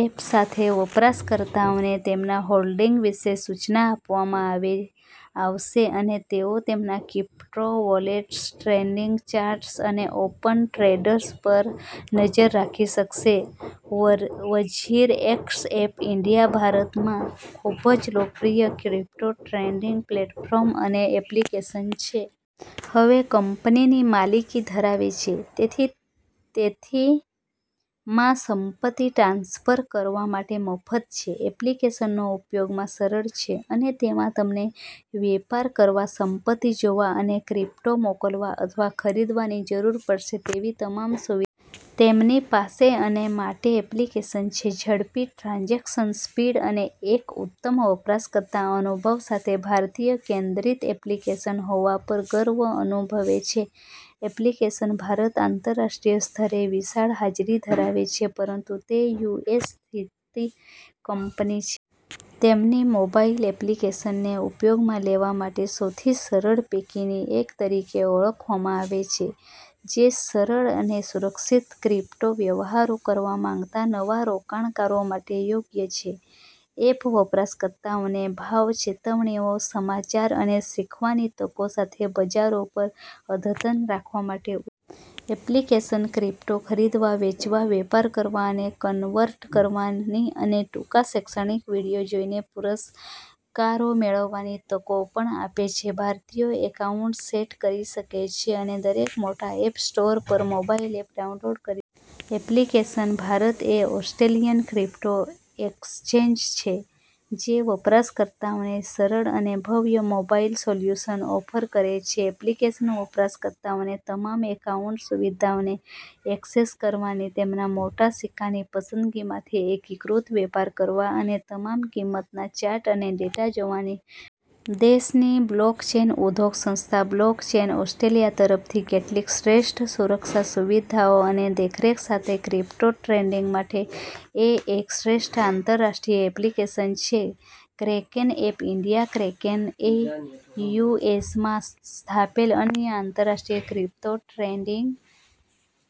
App સાથે, વપરાશકર્તાઓને તેમના હોલ્ડિંગ વિશે સૂચના આપવામાં આવશે અને તેઓ તેમના ક્રિપ્ટો વોલેટ્સ, ટ્રેડિંગ ચાર્ટ્સ અને ઓપન ટ્રેડ્સ પર નજર રાખી શકશે. વઝીરએક્સ એપ ઇન્ડિયા ભારતમાં ખૂબ જ લોકપ્રિય ક્રિપ્ટો ટ્રેડિંગ પ્લેટફોર્મ અને એપ્લિકેશન છે. હવે કંપનીની માલિકી ધરાવે છે, તેથી તે થી માં સંપત્તિ ટ્રાન્સફર કરવા માટે મફત છે. એપ્લિકેશન ઉપયોગમાં સરળ છે અને તેમાં તમને વેપાર કરવા, સંપત્તિ જોવા અને ક્રિપ્ટો મોકલવા અથવા ખરીદવાની જરૂર પડશે તેવી તમામ સુવિધાઓ છે. તેમની પાસે, અને માટે એપ્લિકેશન છે. ઝડપી ટ્રાન્ઝેક્શન સ્પીડ અને એક ઉત્તમ વપરાશકર્તા અનુભવ સાથે ભારતીય-કેન્દ્રિત એપ્લિકેશન હોવા પર ગર્વ અનુભવે છે. એપ્લિકેશન ભારત આંતરરાષ્ટ્રીય સ્તરે વિશાળ હાજરી ધરાવે છે, પરંતુ તે યુએસ સ્થિત કંપની છે. તેમની મોબાઇલ એપ્લિકેશનને ઉપયોગમાં લેવા માટે સૌથી સરળ પૈકીની એક તરીકે ઓળખવામાં આવે છે, જે સરળ અને સુરક્ષિત ક્રિપ્ટો વ્યવહારો કરવા માંગતા નવા રોકાણકારો માટે યોગ્ય છે. એપ વપરાશકર્તાઓને ભાવ ચેતવણીઓ, સમાચાર અને શીખવાની તકો સાથે બજારો પર અદ્યતન રાખવા માટે ઉત્તમ છે. એપ્લિકેશન ક્રિપ્ટો ખરીદવા, વેચવા, વેપાર કરવા અને કન્વર્ટ કરવાની અને ટૂંકા શૈક્ષણિક વીડિયો જોઈને પુરસ્કારો મેળવવાની તકો પણ આપે છે. ભારતીયો એકાઉન્ટ સેટ કરી શકે છે અને દરેક મોટા એપ સ્ટોર પર મોબાઇલ એપ ડાઉનલોડ કરી શકે છે. એપ્લિકેશન ભારત એ ઓસ્ટ્રેલિયન ક્રિપ્ટો એક્સચેન્જ છે જે વપરાશકર્તાઓને સરળ અને ભવ્ય મોબાઇલ સોલ્યુશન ઓફર કરે છે. એપ્લિકેશન વપરાશકર્તાઓને તમામ એકાઉન્ટ સુવિધાઓને ઍક્સેસ કરવાની, તેમના મોટા સિક્કાની પસંદગીમાંથી એકીકૃત વેપાર કરવા અને તમામ કિંમતના ચાર્ટ અને ડેટા જોવાની મંજૂરી આપે છે. દેશની બ્લોકચેન ઉદ્યોગ સંસ્થા બ્લોકચેન ઓસ્ટ્રેલિયા તરફથી કેટલીક શ્રેષ્ઠ સુરક્ષા સુવિધાઓ અને દેખરેખ સાથે ક્રિપ્ટો ટ્રેડિંગ માટે એ એક શ્રેષ્ઠ આંતરરાષ્ટ્રીય એપ્લિકેશન છે. ક્રેકેન એપ ઈન્ડિયા ક્રેકેન એ યુ. એસ. માં સ્થપાયેલ અન્ય આંતરરાષ્ટ્રીય ક્રિપ્ટો ટ્રેડિંગ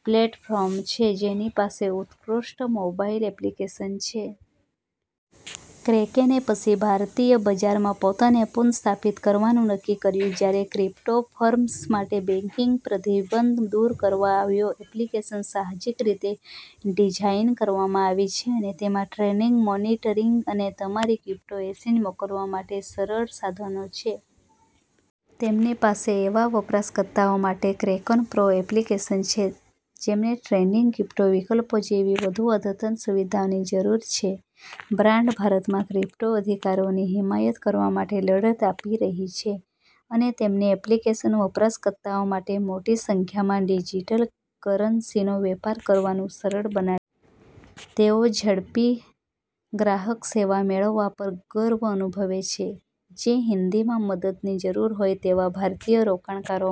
પ્લેટફોર્મ છે જેની પાસે ઉત્કૃષ્ટ મોબાઇલ એપ્લિકેશન છે. ક્રેકેને પછી ભારતીય બજારમાં પોતાને પુનઃસ્થાપિત કરવાનું નક્કી કર્યું, જ્યારે ક્રિપ્ટો ફર્મ્સ માટે બેંકિંગ પ્રતિબંધ દૂર કરવામાં આવ્યો. એપ્લિકેશન સાહજિક રીતે ડિઝાઇન કરવામાં આવી છે અને તેમાં ટ્રેડિંગ, મોનિટરિંગ અને તમારી ક્રિપ્ટો એસેટ મોકલવા માટે સરળ સાધનો છે. તેમની પાસે એવા વપરાશકર્તાઓ માટે ક્રેકેન પ્રો એપ્લિકેશન છે જેમને ટ્રેડિંગ ક્રિપ્ટો વિકલ્પો જેવી વધુ અદ્યતન સુવિધાઓની જરૂર છે. બ્રાન્ડ ભારતમાં ક્રિપ્ટો અધિકારોની હિમાયત કરવા માટે લડત આપી રહી છે, અને તેમની એપ્લિકેશન વપરાશકર્તાઓ માટે મોટી સંખ્યામાં ડિજિટલ કરન્સીનો વેપાર કરવાનું સરળ બનાવે છે. તેઓ ઝડપી ગ્રાહક સેવા મેળવવા પર ગર્વ અનુભવે છે, જે હિન્દીમાં મદદની જરૂર હોય તેવા ભારતીય રોકાણકારો માટે